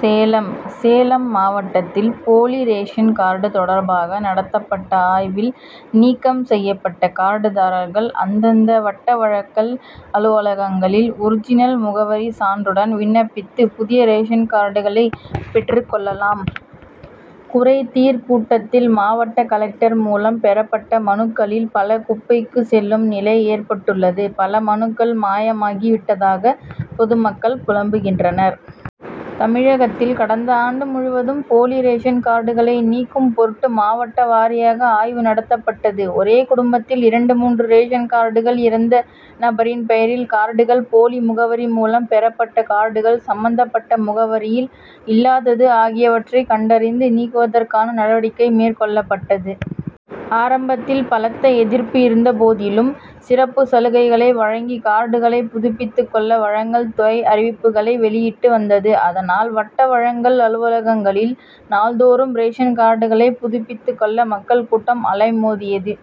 சேலம் சேலம் மாவட்டத்தில் போலி ration card தொடர்பாக நடத்தப்பட்ட ஆய்வில் நீக்கம் செய்யப்பட்ட கார்டுதாரர்கள் அந்தந்த வட்ட வழங்கல் அலுவலகங்களில் ஒரிஜினல் முகவரி சான்றுடன் விண்ணப்பித்து புதிய ரேஷன் கார்டுகளை பெற்றுக் கொள்ளலாம். குறைதீர் கூட்டத்தில் மாவட்ட கலெக்டர் மூலம் பெறப்பட்ட மனுக்களில் பல குப்பைக்கு செல்லும் நிலை ஏற்பட்டுள்ளது பல மனுக்கள் மாயமாகி விட்டதாக பொதுமக்கள் புலம்புகின்றனர். தமிழகத்தில் கடந்த ஆண்டு முழுவதும் போலி ரேஷன் கார்டுகளை நீக்கும் பொருட்டு மாவட்ட வாரியாக ஆய்வு நடத்தப்பட்டது. ஒரே குடும்பத்தில் இரண்டு மூன்று ரேஷன் கார்டுகள் இறந்த நபரின் பெயரில் கார்டுகள் போலி முகவரி மூலம் பெறப்பட்ட கார்டுகள் சம்மந்தப்பட்ட முகவரியில் இல்லாதது ஆகியவற்றை கண்டறிந்து நீக்குவதற்கான நடவடிக்கை மேற்கொள்ளப்பட்டது. ஆரம்பத்தில் பலத்த எதிர்ப்பு இருந்தபோதிலும் சிறப்பு சலுகைகளை வழங்கி கார்டுகளை புதுப்பித்துக் கொள்ள வழங்கல் துறை அறிவிப்புகளை வெளியிட்டு வந்தது. அதனால் வட்ட வழங்கல் அலுவலகங்களில் நாள்தோறும் ரேஷன் கார்டுகளை புதுப்பித்துக் கொள்ள மக்கள் கூட்டம் அலைமோதியது.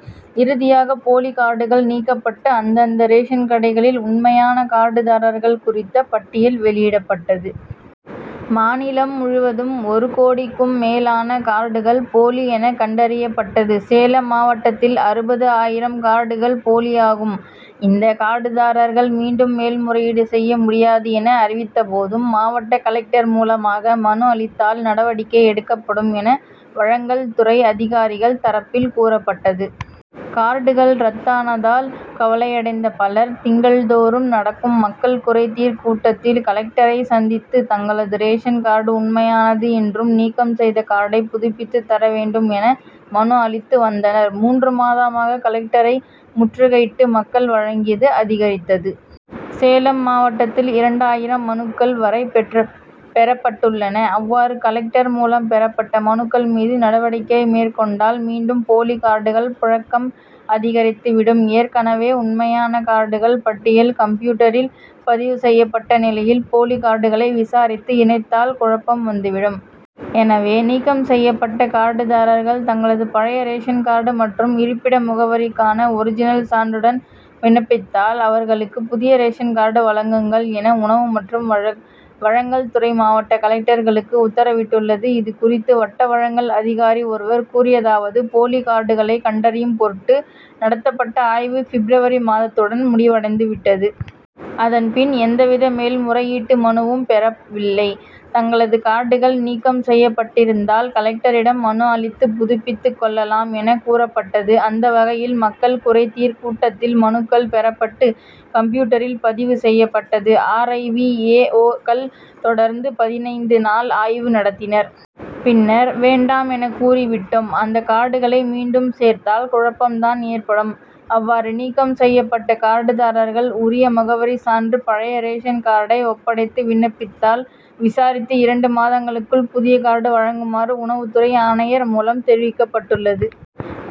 இறுதியாக போலி கார்டுகள் நீக்கப்பட்டு அந்தந்த ரேஷன் கடைகளில் உண்மையான கார்டுதாரர்கள் குறித்த பட்டியல் வெளியிடப்பட்டது. மாநிலம் முழுவதும் ஒரு கோடிக்கும் மேலான கார்டுகள் போலி என கண்டறியப்பட்டது. சேலம் மாவட்டத்தில் அறுபது ஆயிரம் கார்டுகள் போலியாகும். இந்த கார்டுதாரர்கள் மீண்டும் மேல்முறையீடு செய்ய முடியாது என அறிவித்தபோதும் மாவட்ட கலெக்டர் மூலமாக மனு அளித்தால் நடவடிக்கை எடுக்கப்படும் என வழங்கல் துறை அதிகாரிகள் தரப்பில் கூறப்பட்டது. கார்டுகள் ரத்தானதால் கவலையடைந்த பலர் திங்கள்தோறும் நடக்கும் மக்கள் குறைதீர் கூட்டத்தில் கலெக்டரை சந்தித்து தங்களது ரேஷன் கார்டு உண்மையானது என்றும் நீக்கம் செய்த கார்டை புதுப்பித்து தர வேண்டும் என மனு அளித்து வந்தனர். மூன்று மாதமாக கலெக்டரை முற்றுகையிட்டு மக்கள் வழங்கியது அதிகரித்தது. சேலம் மாவட்டத்தில் இரண்டாயிரம் மனுக்கள் வரை பெறப்பட்டுள்ளன. அவ்வாறு கலெக்டர் மூலம் பெறப்பட்ட மனுக்கள் மீது நடவடிக்கை மேற்கொண்டால் மீண்டும் போலி கார்டுகள் புழக்கம் அதிகரித்து விடும். ஏற்கனவே உண்மையான கார்டுகள் பட்டியல் கம்ப்யூட்டரில் பதிவு செய்யப்பட்ட நிலையில் போலி கார்டுகளை விசாரித்து இணைத்தால் குழப்பம் வந்து விடும். எனவே நீக்கம் செய்யப்பட்ட கார்டுதாரர்கள் தங்களது பழைய ரேஷன் கார்டு மற்றும் இருப்பிட முகவரிக்கான ஒரிஜினல் சான்றுடன் விண்ணப்பித்தால் அவர்களுக்கு புதிய ரேஷன் கார்டு வழங்குங்கள் என உணவு மற்றும் வழங்கல்துறை மாவட்ட கலெக்டர்களுக்கு உத்தரவிட்டுள்ளது. இது குறித்து வட்ட வழங்கல் அதிகாரி ஒருவர் கூறியதாவது போலி கார்டுகளை கண்டறியும் பொருட்டு நடத்தப்பட்ட ஆய்வு ஃபிப்ரவரி மாதத்துடன் முடிவடைந்து விட்டது. அதன் பின் எந்தவித மேல்முறையீட்டு மனுவும் பெறவில்லை. தங்களது கார்டுகள் நீக்கம் செய்யப்பட்டிருந்தால் கலெக்டரிடம் மனு அளித்து புதுப்பித்துக் கொள்ளலாம் என கூறப்பட்டது. அந்த வகையில் மக்கள் குறைதீர் கூட்டத்தில் மனுக்கள் பெறப்பட்டு கம்ப்யூட்டரில் பதிவு செய்யப்பட்டது. ஆர். ஐ. வி. ஏ. ஓ.க்கள் தொடர்ந்து பதினைந்து நாள் ஆய்வு நடத்தினர். பின்னர் வேண்டாம் என கூறி விட்டோம். அந்த கார்டுகளை மீண்டும் சேர்த்தால் குழப்பம் தான் ஏற்படும். அவ்வாறு நீக்கம் செய்யப்பட்ட கார்டுதாரர்கள் உரிய முகவரி சான்று பழைய ரேஷன் கார்டை ஒப்படைத்து விண்ணப்பித்தால் விசாரித்து இரண்டு மாதங்களுக்குள் புதிய கார்டு வழங்குமாறு உணவுத்துறை ஆணையர் மூலம் தெரிவிக்கப்பட்டுள்ளது.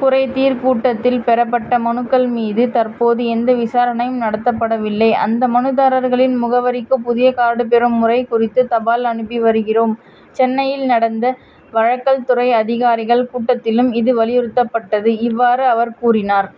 குறைதீர் கூட்டத்தில் பெறப்பட்ட மனுக்கள் மீது தற்போது எந்த விசாரணையும் நடத்தப்படவில்லை. அந்த மனுதாரர்களின் முகவரிக்கு புதிய கார்டு பெறும் முறை குறித்து தபால் அனுப்பி வருகிறோம். சென்னையில் நடந்த வழங்கல் துறை அதிகாரிகள் கூட்டத்திலும் இது வலியுறுத்தப்பட்டது. இவ்வாறு அவர் கூறினார்.